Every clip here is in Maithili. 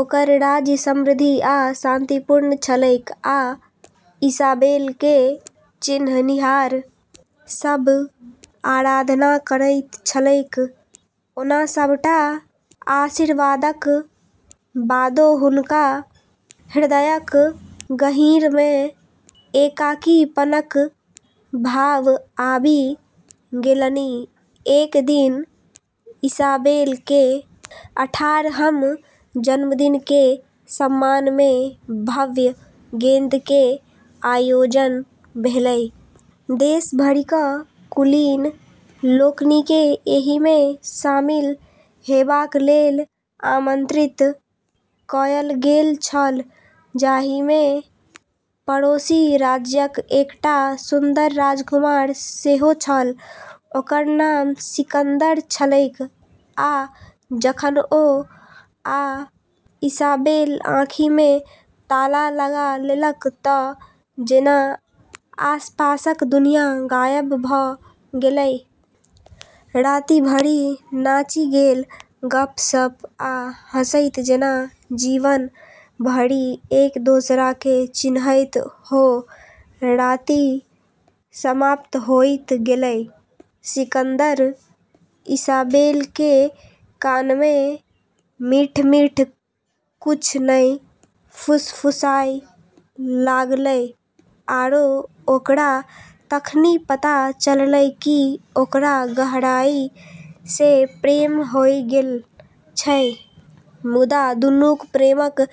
ओकर राज्य समृद्ध आ शांतिपूर्ण छलैक आ इसाबेल केँ चिन्हनिहार सब आराधना करैत छलैक ओना सभटा आशीर्वादक बादो हुनका हृदयक गहींर मे एकाकीपनक भाव आबि गेलनि। एक दिन इसाबेल के अठारहम जन्मदिन के सम्मान में भव्य गेंद के आयोजन भेलै। देश भरिक कुलीन लोकनि केँ एहि मे शामिल हेबाक लेल आमंत्रित कयल गेल छल जाहि मे पड़ोसी राज्यक एकटा सुन्दर राजकुमार सेहो छल ओकर नाम सिकंदर छलैक आ जखन ओ आ इसाबेल आँखि मे ताला लगा लेलक तऽ जेना आसपासक दुनियाँ गायब भ गेलै। राति भरि नाचि गेल, गप्प-सप्प आ हँसैत जेना जीवन भरि एक दोसरा केँ चिन्हैत हो, राति समाप्त होइत गेलै, सिकंदर इसाबेल के कान में मीठऽ-मीठऽ कुछ नै फुसफुसाय लागलै आरो ओकरा तखनी पता चललै कि ओकरा गहराई सें प्रेम होय गेलऽ छै, मुदा दुनूक प्रेमक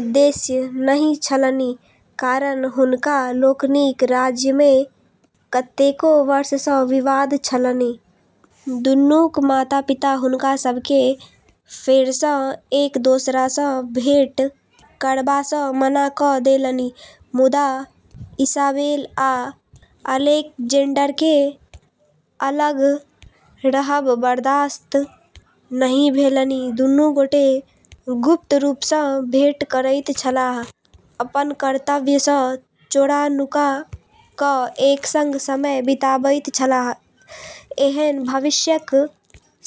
उद्देश्य नहि छलनि, कारण हुनका लोकनिक राज्य मे कतेको वर्ष सँ विवाद छलनि। दुनूक माता-पिता हुनका सभकेँ फेरसँ एक दोसरासँ भेंट करबासँ मना कऽ देलनि मुदा इसाबेल आ अलेक्जेंडरकेँ अलग रहब बर्दाश्त नहि भेलनि। दुनू गोटे गुप्त रूप सँ भेंट करैत छलाह, अपन कर्तव्य सँ चोरा-नुका क एक संग समय बिताबैत छलाह, एहन भविष्यक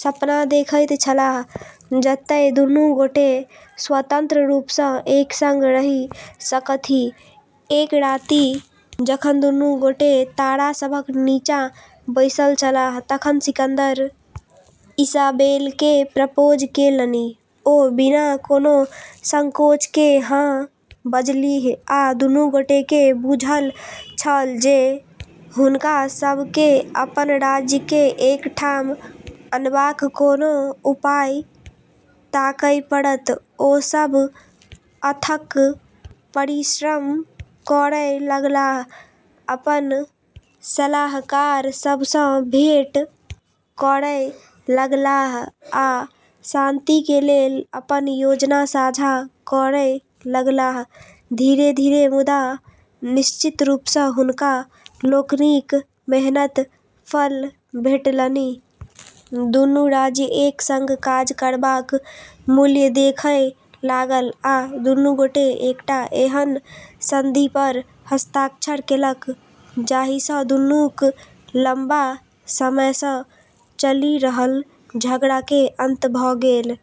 सपना देखैत छलाह जतय दुनू गोटे स्वतंत्र रूप सँ एक संग रहि सकथि, एक राति जखन दुनू गोटे तारा सभक नीचा बैसल छलाह तखन सिकंदर इसाबेल केँ प्रपोज केलनि ओ बिना कोनो संकोच के हाँ बजलीह आ दुनू गोटे के बुझल छल जे हुनका सब के अपन राज्य के एक ठाम अनबाक कोनो उपाय ताकय पड़त, ओ सभ अथक परिश्रम करय लगलाह, अपन सलाहकार सभ सं भेंट करय लगलाह आ शांति के लेल अपन योजना साझा करय लगलाह, धीरे-धीरे मुदा निश्चित रूपसँ हुनका लोकनिक मेहनतक फल भेटलनि। दुनू राज्य एक संग काज करबाक मूल्य देखय लागल आ दुनू गोटे एकटा एहन संधि पर हस्ताक्षर केलक जाहि सँ दुनूक लंबा समय सँ चलि रहल झगड़ा के अंत भ गेल।